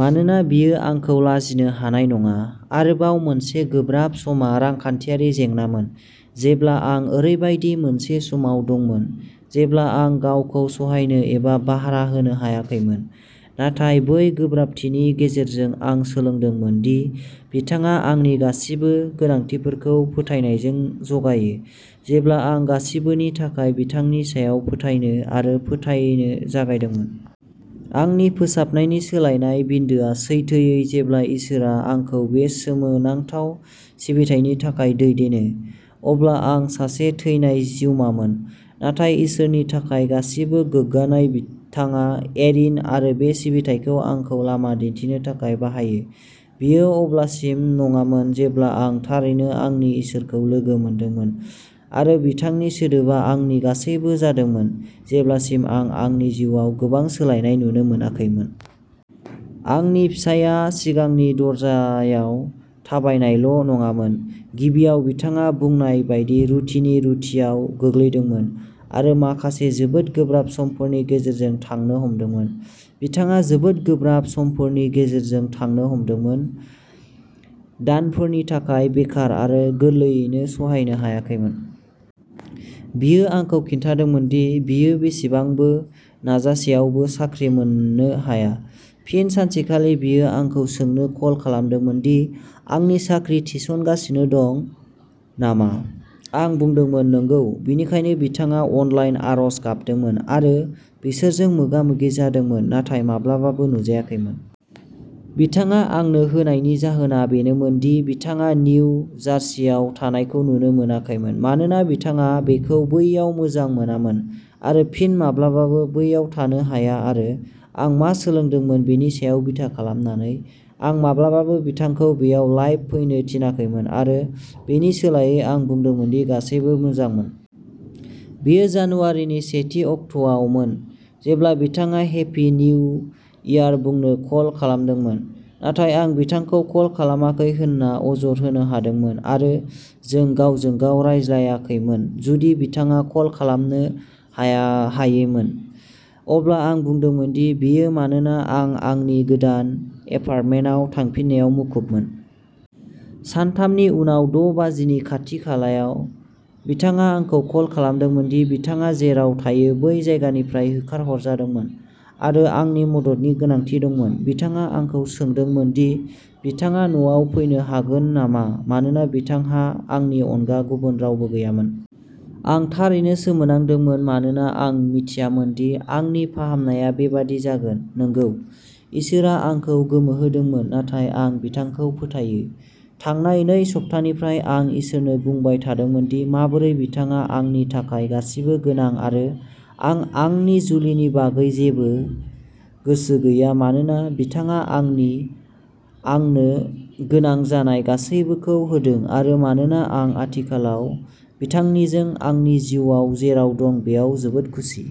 मानोना बियो आंखौ लाजिनो हानाय नङा। आरोबाव मोनसे गोब्राब समा रांखान्थियारि जेंनामोन, जेब्ला आं ओरैबायदि मोनसे समाव दंमोन जेब्ला आं गावखौ सहायनो एबा भारा होनो हायाखैमोन। नाथाय बै गोब्राबथिनि गेजेरजों आं सोलोंदोंमोन दि बिथाङा आंनि गासिबो गोनांथिफोरखौ फोथायनायजों जगायो, जेब्ला आं गासिबोनि थाखाय बिथांनि सायाव फोथायनो आरो फोथायनो जागायदोंमोन। आंनि फोसाबनायनि सोलायनाय बिन्दोआ सैथोयै जेब्ला इसोरआ आंखौ बे सोमोनांथाव सिबिथायनि थाखाय दैदेनो। अब्ला आं सासे थैनाय जिउमामोन, नाथाय इसोरनि थाखाय गासिबो गोग्गानाय बिथाङा एरिन आरो बे सिबिथायखौ आंखौ लामा दिन्थिनो थाखाय बाहायो बेयो अब्लासिम नङामोन जेब्ला आं थारैनो आंनि इसोरखौ लोगो मोनदोंमोन आरो बिथांनि सोदोबआ आंनि गासैबो जादोंमोन, जेब्लासिम आं आंनि जिउआव गोबां सोलायनाय नुनो मोनाखैमोन। आंनि फिसायआ सिगांनि दरजायाव थाबायनायल' नङामोन। गिबियाव, बिथाङा बुंनाय बायदि रुटिनि रुटिआव गोग्लैदोंमोन आरो माखासे जोबोद गोब्राब समफोरनि गेजेरजों थांनो हमदोंमोन। बिथाङा जोबोद गोब्राब समफोरनि गेजेरजों थांनो हमदोंमोन। दानफोरनि थाखाय बेकार आरो गोरलैयैनो सहायनो हायाखैमोन। बियो आंखौ खिन्थादोंमोन दि बियो बेसेबांबो नाजासेयावबो साख्रि मोननो हाया। फिन सानसेखालि बियो आंखौ सोंनो कल खालामदोंमोन दि आंनि साख्रि थिसनगासिनो दं नामा। आं बुंदोंमोन नंगौ, बेनिखायनो बिथाङा अनलाइन आरज गाबदोंमोन आरो बिसोरजों मोगा-मोगि जादोंमोन नाथाय माब्लाबाबो नुजायाखैमोन। बिथाङा आंनो होनायनि जाहोना बेनोमोन दि बिथाङा निउ जार्सीआव थानायखौ नुनो मोनाखैमोन मानोना बिथाङा बेखौ बैयाव मोजां मोनामोन आरो फिन माब्लाबाबो बैयाव थानो हाया आरो आं मा सोलोंदोंमोन बेनि सायाव बिथा खालामनानै, आं माब्लाबाबो बिथांखौ बेयाव लाइभ फैनो थिनाखैमोन आरो बेनि सोलायै आं बुंदोंमोन दि गासैबो मोजांमोन। बेयो जानुवारिनि सेथि अक्ट'आवमोन जेब्ला बिथाङा हेपि निउ इयार बुंनो कल खालामदोंमोन नाथाय आं बिथांखौ कल खालामाखै होनना अजद होनो हमदोंमोन आरो जों गावजों-गाव रायज्लायाखैमोन जुदि बिथाङा कल खालामनो हायैमोन। अब्ला आं बुंदोंमोन दि बेयो मानोना आं आंनि गोदान एपार्टमेन्टआव थांफिननायाव मुखुबमोन। सानथामनि उनाव द' बाजिनि खाथि-खालायाव बिथाङा आंखौ कल खालामदोंमोन दि बिथाङा जेराव थायो बै जायगानिफ्राय होखारहरजादोंमोन आरो आंनि मददनि गोनांथि दंमोन। बिथाङा आंखौ सोंदोंमोन दि बिथाङा न'आव फैनो हागोन नामा मानोना बिथांहा आंनि अनगा गुबुन रावबो गैयामोन। आं थारैनो सोमोनांदोंमोन मानोना आं मिथियामोन दि आंनि फाहामनाया बेबादि जागोन। नंगौ, इसोरआ आंखौ गोमोहोदोंमोन नाथाय आं बिथांखौ फोथायो। थांनाय नै सप्तानिफ्राय आं इसोरनो बुंबाय थादोंमोन दि माबोरै बिथाङा आंनि थाखाय गासिबो गोनां आरो आं आंनि जुलिनि बागै जेबो गोसो गैया मानोना बिथाङा आंनो आंनि गोनां जानाय गासैबोखौ होदों आरो मानोना आं आथिखालाव बिथांनिजों आंनि जिउआव जेराव दं बेयाव जोबोद खुसि।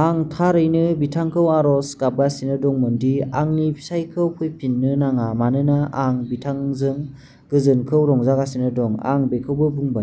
आं थारैनो बिथांखौ आरज गाबगासिनो दंमोन दि आंनि फिसायखौ फैफिननो नाङा मानोना आं बिथांजों गोजोनखौ रंजागासिनो दं। आं बेखौबो बुंबाय।